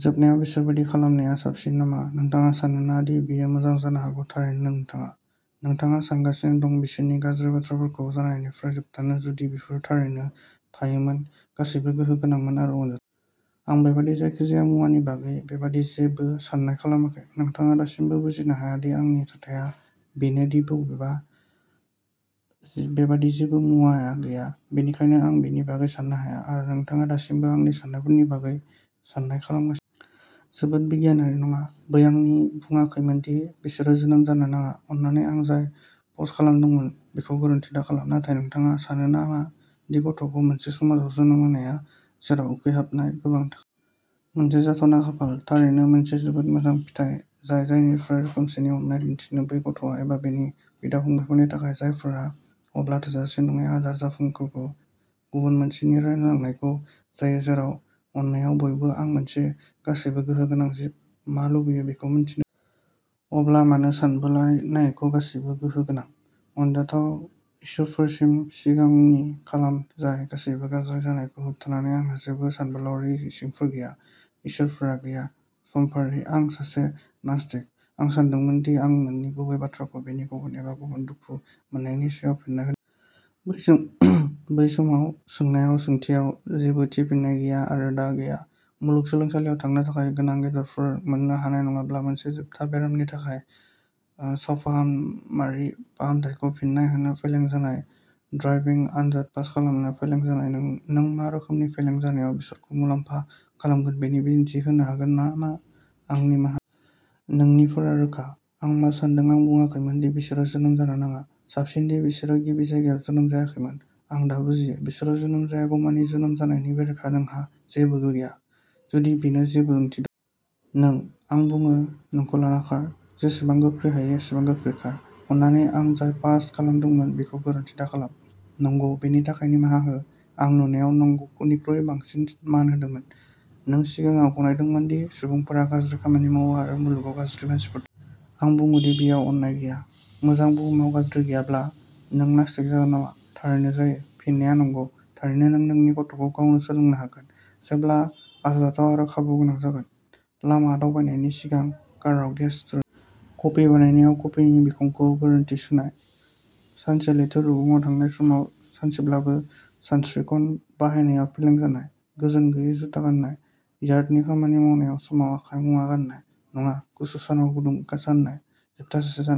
जोबनायाव बिसोर बेबादि खालामनाया साबसिनमोन नामा नोंथाङा सानो नामा दि बेयो मोजां जानो हागौ थारैनो नोंथाङा। नोंथाङा सानगासिनो दि बिसोर गाज्रि बाथ्राफोरखौ जानायनिफ्राय होबथायगोन जुदि बेफोर थारैनो थायोमोन, गासैबो गोहो गोनांमोन आरो अनजाथावमोन। आं बेबादि जायखिजाया मुवानि बागै बेबादि जेबो सान्नाय खालामाखै। नोंथाङा दासिमबो बुजिनो हाया दि आंनि थाथाया बेनो दि बेबादि जेबो मुवाया गैया, बेनिखायनो आं बेनि बागै सान्नो हाया। आरो नोंथाङा दासिमबो आंनि सान्नायफोरनि बागै सान्नाय खालामगासिनो दं। जोबोद बिगियानारि नङा, बै आं बुंङाखैमोन दि बिसोर जोनोम जानो नाङा। अन्नानै आं जाय पस्ट खालामदोंमोन बेखौ गोरोन्थि दाखालाम। नाथाय नोंथाङा सानो नामा दि गथ'फोरखौ मोनसे समाजाव जोनोम होनाया जेराव उखैहाबनाया गोबांनि थाखाय मोनसे जाथावना खाफाल, थारैनो मोनसे जोबोद मोजां फिथाय जाय जायखिजाया रोखोमनि अननाय दिन्थियो बै गथ' एबा बिनि बिदा-फंबायफोरनि थाखाय, जायफोरा अब्ला थोजासे नङै आदार फुंखाफोरखौ गुबुन सासेजों रानलायनांगौ जायो बेयाव अननायआ बबेयाव आं मोनसे गासैबो गोहो गोनां जिबआ मा लुबैयो बेखौ मिन्थिनो साननाङा। अब्ला मानो सानबोलायनायखौ गासैबो गोहो गोनां, अनजाथाव इसोरफोरसिम सिमागोनां खालाम जाय गासैबो गाज्रि जानायखौ होबथायो आंहा जेबो सानबोलावरियारि इसोरफोर गैया। इसोरफोर गैया। समफारि। आं सासे नास्तिक। आं सानदोंमोन दि आं नोंनि गुबै बाथ्राखौ बेनि गुन एबा गुबुन दुखु मोन्नायनि सायाव फिन्नाय होदोंमोन। बै समाव सोंनाय सोंथियाव जेबो थि फिननाय गैया। आरो दा गैया। मुलुगसोलोंसालियाव थांनो थाखाय गोनां ग्रेदफोर मोन्नो हानाय नङाब्ला मोनसे जोबथा बेरामनि थाखाय सावफाहामारि फाहामथायखौ फिन्नाय होनो फेलें जानाय ड्राइभिं आनजाद पास खालामनो फेलें जानाय नों मा रोखोमनि फेलें जानाया बिसोरखौ मुलाम्फा खालामगोन बेनि बिदिन्थि होनो हागोन नामा आं निमाहा बिनायसै। नोंनिफोरा रोखा। आं मा सान्दों आं बुंङाखैमोन दि बिसोर जोनोम जानो नाङा। साबसिन दि बिसोरो गिबि जायगायाव जोनोम जायाखैमोन। आं दा बुजियो। बिसोर जोनोम जायागौमानि जोनोम जानायनि बेरेखायै नोंहा जेबो गैया। जुदि बेनि जेबो ओंथि दं। नों, आं बुङो, बेखौ लाना खार, जेसेबां गोख्रै हायो एसेबां गोख्रै खार। अन्नानै आं जाय पस्ट खालामदोंमोन बेखौ गोरोन्थि दाखालाम। नंगौ, बेनि थाखाय निमाहा हो। आं नुनायाव नांगौनिख्रुइ बांसिन मान होदोंमोन। जों सिगाङाव गनायदोंमोन दि सुबुंफोरा गाज्रि खामानि मावो आरो मुलुगाव गाज्रि मानसिफोर दं। आं बुङो दि बेयाव अननाय गैया। मोजां। बुहुमाव गाज्रि गैयाब्ला, नों नास्तिक जागोन नामा? थारैनो जायो। फिननाया नंगौ। थारैनो नों नोंनि गथ'खौ गावनो सोलोंनो होगोन, जेब्ला आरजाथाव आरो खाबुगोनां जागोन। लामा दावबायनायनि सिगां काराव गेस दोनाङा। कफि बानायनायाव कफिनि बिखंखौ गोरोन्थि सुनाय। सानसे लैथो रुगुङाव थानाय समाव सानसेब्लाबो सानस्क्रिन बाहायनायाव फेलें जानाय। गोजोन गैयै जुता गान्नाय। यार्डनि खामानि मावनाय समाव आखाइ मुजा गान्नाय नङा। गुसु सानाव गुदुं गाननाय। जोबथा सासे जानाय।